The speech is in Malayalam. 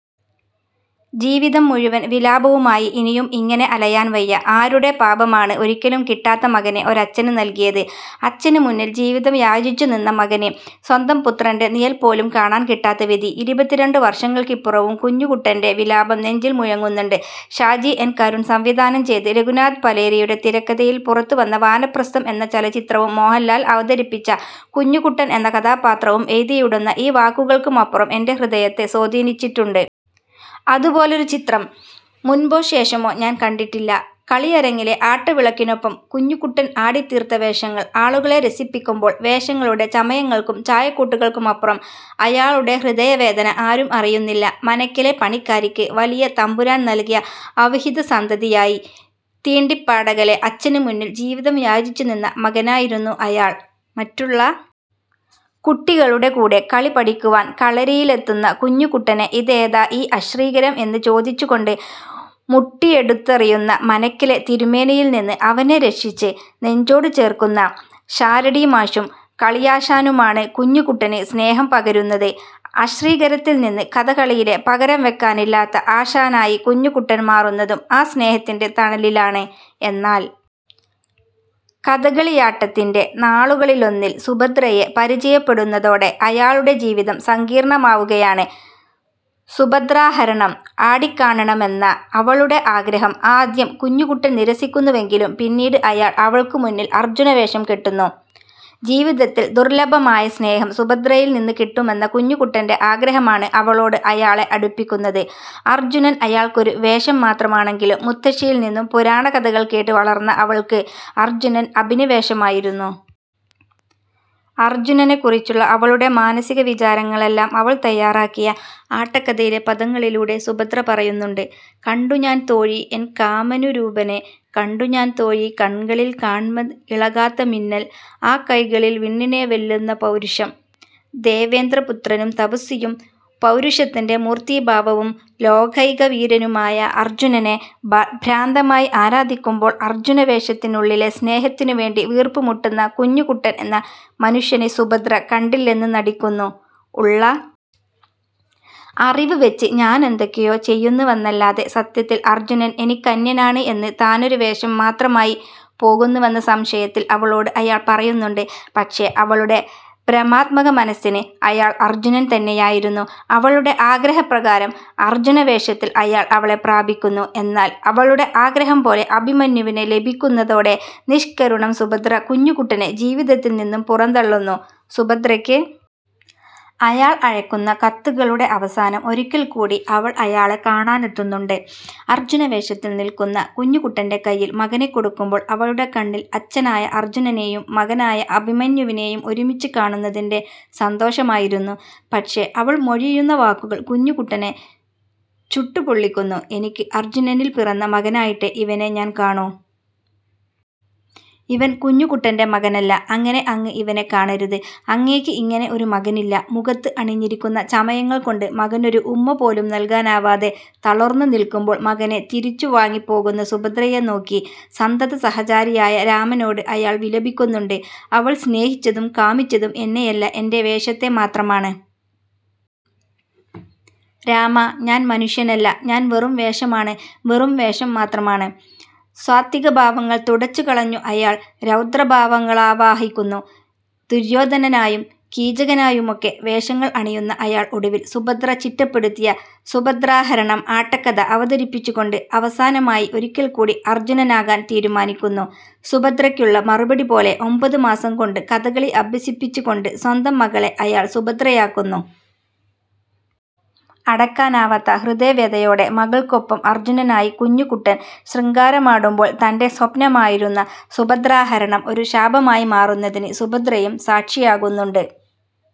ജന്മം മുഴുവൻ വിലാപവുമായി ഇനിയും ഇങ്ങനെ അലയാൻ വയ്യ. ആരുടെ പാപമാണ് ഒരിക്കലും കിട്ടാത്ത മകനെ ഒരച്ഛന് നൽകിയത്. അച്ഛന് മുന്നിൽ ജീവിതം യാചിച്ചു നിന്ന മകന് സ്വന്തം പുത്രൻ്റെ നിഴൽ പോലും കാണാൻ കിട്ടാത്ത വിധി. ഇരുപത്തിരണ്ടു വർഷങ്ങൾക്കിപ്പുറവും കുഞ്ഞുകുട്ടൻ്റെ വിലാപം നെഞ്ചിൽ മുഴങ്ങുന്നുണ്ട്. ഷാജി എൻ കരുണ് സംവിധാനം ചെയ്ത് രഘുനാഥ് പലേരിയുടെ തിരക്കഥയിൽ പുറത്തുവന്ന വാനപ്രസ്ഥം എന്ന ചലച്ചിത്രവും മോഹൻലാൽ അവതരിപ്പിച്ച കുഞ്ഞുകുട്ടൻ എന്ന കഥാപാത്രവും എഴുതിയിടുന്ന ഈ വാക്കുകൾക്കുമപ്പുറം എൻ്റെ ഹൃദയത്തെ സ്വാധീനിച്ചിട്ടുണ്ട്. അതുപോലൊരു ചിത്രം മുൻപോ ശേഷമോ ഞാൻ കണ്ടിട്ടില്ല. കളിയരങ്ങിലെ ആട്ടവിളക്കിനൊപ്പം കുഞ്ഞുകുട്ടൻ ആടിത്തീർത്ത വേഷങ്ങൾ ആളുകളെ രസിപ്പിക്കുമ്പോൾ വേഷങ്ങളുടെ ചമയങ്ങൾക്കും ചായക്കൂട്ടുകൾക്കുമപ്പുറം അയാളുടെ ഹൃദയവേദന ആരും അറിയുന്നില്ല. മനയ്ക്കലെ പണിക്കാരിക്ക് വലിയ തമ്പുരാൻ നൽകിയ അവിഹിതസന്തതിയായി, തീണ്ടാപ്പാടകലെ അച്ഛന് മുന്നിൽ ജീവിതം യാചിച്ചു നിന്ന മകനായിരുന്നു അയാൾ. മറ്റുള്ള കുട്ടികളുടെ കൂടെ കളി പഠിക്കുവാൻ കളരിയിലെത്തുന്ന കുഞ്ഞുകുട്ടനെ ഇതേതാ ഈ അശ്രീകരം എന്ന് ചോദിച്ചുകൊണ്ട് മുട്ടിയെടുത്തെറിയുന്ന മനയ്ക്കലെ തിരുമേനിയിൽ നിന്ന് അവനെ രക്ഷിച്ച് നെഞ്ചോട് ചേർക്കുന്ന ഷാരടി മാഷും കളിയാശാനുമാണ് കുഞ്ഞുകുട്ടന് സ്നേഹം പകരുന്നത്. അശ്രീകരത്തിൽ നിന്ന് കഥകളിയിലെ പകരംവയ്ക്കാനില്ലാത്ത ആശാനായി കുഞ്ഞുകുട്ടൻ മാറുന്നതും ആ സ്നേഹത്തിൻ്റെ തണലിലാണ്. എന്നാൽ കഥകളിയാട്ടത്തിൻ്റെ നാളുകളിലൊന്നിൽ സുഭദ്രയെ പരിചയപ്പെടുന്നതോടെ അയാളുടെ ജീവിതം സങ്കീർണമാവുകയാണ്. സുഭദ്രാഹരണം ആടിക്കാണണമെന്ന അവളുടെ ആഗ്രഹം ആദ്യം കുഞ്ഞുകുട്ടൻ നിരസിക്കുന്നുവെങ്കിലും പിന്നീട് അയാൾ അവൾക്ക് മുന്നിൽ അർജുനവേഷം കെട്ടുന്നു. ജീവിതത്തിൽ ദുർലഭമായ സ്നേഹം സുഭദ്രയിൽ നിന്ന് കിട്ടുമെന്ന കുഞ്ഞുകുട്ടൻ്റെ ആഗ്രഹമാണ് അവളോട് അയാളെ അടുപ്പിക്കുന്നത്. അർജുനൻ അയാൾക്കൊരു വേഷം മാത്രമാണെങ്കിലും മുത്തശ്ശിയിൽ നിന്നും പുരാണകഥകൾ കേട്ട് വളർന്ന അവൾക്ക് അർജുനൻ അഭിനിവേശമായിരുന്നു. അർജുനനെക്കുറിച്ചുള്ള അവളുടെ മാനസികവിചാരങ്ങളെല്ലാം അവൾ തയ്യാറാക്കിയ ആട്ടക്കഥയിലെ പദങ്ങളിലൂടെ സുഭദ്ര പറയുന്നുണ്ട്. കണ്ടു ഞാൻ തോഴി എൻ കാമനുരൂപനെ. കണ്ടു ഞാൻ തോഴീ കൺകളിൽ കാണ്മത് ഇളകാത്ത മിന്നൽ. ആ കൈകളിൽ വിണ്ണിനെ വെല്ലുന്ന പൗരുഷം. ദേവേന്ദ്രപുത്രനും തപസ്വിയും പൗരുഷത്തിൻ്റെ മൂർത്തീഭാവവും ലോകൈകവീരനുമായ അർജുനനെ ഭ്രാന്തമായി ആരാധിക്കുമ്പോൾ അർജുനവേഷത്തിനുള്ളിലെ സ്നേഹത്തിനു വേണ്ടി വീർപ്പുമുട്ടുന്ന കുഞ്ഞുകുട്ടൻ എന്ന മനുഷ്യനെ സുഭദ്ര കണ്ടില്ലെന്ന് നടിക്കുന്നു. ഉള്ള അറിവ് വെച്ച് ഞാനെന്തൊക്കെയോ ചെയ്യുന്നുവെന്നല്ലാതെ സത്യത്തിൽ അർജുനൻ എനിക്കന്യനാണ് എന്ന് താനൊരു വേഷം മാത്രമായി പോകുന്നുവെന്ന സംശയത്തിൽ അവളോട് അയാൾ പറയുന്നുണ്ട്. പക്ഷേ അവളുടെ ഭ്രമാത്മകമനസ്സിന് അയാൾ അർജുനൻ തന്നെയായിരുന്നു. അവളുടെ ആഗ്രഹപ്രകാരം അർജുനവേഷത്തിൽ അയാൾ അവളെ പ്രാപിക്കുന്നു. എന്നാൽ അവളുടെ ആഗ്രഹം പോലെ അഭിമന്യുവിനെ ലഭിക്കുന്നതോടെ നിഷ്കരുണം സുഭദ്ര കുഞ്ഞുകുട്ടനെ ജീവിതത്തിൽ നിന്നും പുറന്തള്ളുന്നു. സുഭദ്രയ്ക്ക് അയാൾ അയയ്ക്കുന്ന കത്തുകളുടെ അവസാനം ഒരിക്കൽക്കൂടി അവൾ അയാളെ കാണാനെത്തുന്നുണ്ട്. അർജുനവേഷത്തിൽ നിൽക്കുന്ന കുഞ്ഞുകുട്ടൻ്റെ കൈയിൽ മകനെ കൊടുക്കുമ്പോൾ അവളുടെ കണ്ണിൽ അച്ഛനായ അർജുനനെയും മകനായ അഭിമന്യുവിനെയും ഒരുമിച്ച് കാണുന്നതിൻ്റെ സന്തോഷമായിരുന്നു. പക്ഷേ അവൾ മൊഴിയുന്ന വാക്കുകൾ കുഞ്ഞുകുട്ടനെ ചുട്ടുപൊള്ളിക്കുന്നു. എനിക്ക് അർജുനനിൽ പിറന്ന മകനായിട്ടേ ഇവനെ ഞാൻ കാണൂ. ഇവൻ കുഞ്ഞുകുട്ടൻ്റെ മകനല്ല. അങ്ങനെ അങ്ങ് ഇവനെ കാണരുത്. അങ്ങേക്ക് ഇങ്ങനെ ഒരു മകനില്ല. മുഖത്ത് അണിഞ്ഞിരിക്കുന്ന ചമയങ്ങൾ കൊണ്ട് മകനൊരു ഉമ്മ പോലും നൽകാനാവാതെ തളർന്നു നിൽക്കുമ്പോൾ മകനെ തിരിച്ചുവാങ്ങി പോകുന്ന സുഭദ്രയെ നോക്കി സന്തതസഹചാരിയായ രാമനോട് അയാൾ വിലപിക്കുന്നുണ്ട്. അവൾ സ്നേഹിച്ചതും കാമിച്ചതും എന്നെയല്ല. എൻ്റെ വേഷത്തെ മാത്രമാണ്. രാമാ, ഞാൻ മനുഷ്യനല്ല. ഞാൻ വെറും വേഷമാണ്. വെറും വേഷം മാത്രമാണ്. സാത്വികഭാവങ്ങൾ തുടച്ചുകളഞ്ഞു അയാൾ രൗദ്രഭാവങ്ങളാവാഹിക്കുന്നു. ദുര്യോധനനായും കീചകനായുമൊക്കെ വേഷങ്ങൾ അണിയുന്ന അയാൾ ഒടുവിൽ സുഭദ്ര ചിട്ടപ്പെടുത്തിയ സുഭദ്രാഹരണം ആട്ടക്കഥ അവതരിപ്പിച്ചുകൊണ്ട് അവസാനമായി ഒരിക്കൽക്കൂടി അർജുനനാകാൻ തീരുമാനിക്കുന്നു. സുഭദ്രയ്ക്കുള്ള മറുപടി പോലെ ഒമ്പതുമാസംകൊണ്ട് കഥകളി അഭ്യസിപ്പിച്ചുകൊണ്ട് സ്വന്തം മകളെ അയാൾ സുഭദ്രയാക്കുന്നു. അടക്കാനാവാത്ത ഹൃദയവ്യഥയോടെ മകൾക്കൊപ്പം അർജുനനായി കുഞ്ഞുകുട്ടൻ ശൃംഗാരമാടുമ്പോൾ തൻ്റെ സ്വപ്നമായിരുന്ന സുഭദ്രാഹരണം ഒരു ശാപമായി മാറുന്നതിന് സുഭദ്രയും സാക്ഷിയാകുന്നുണ്ട്.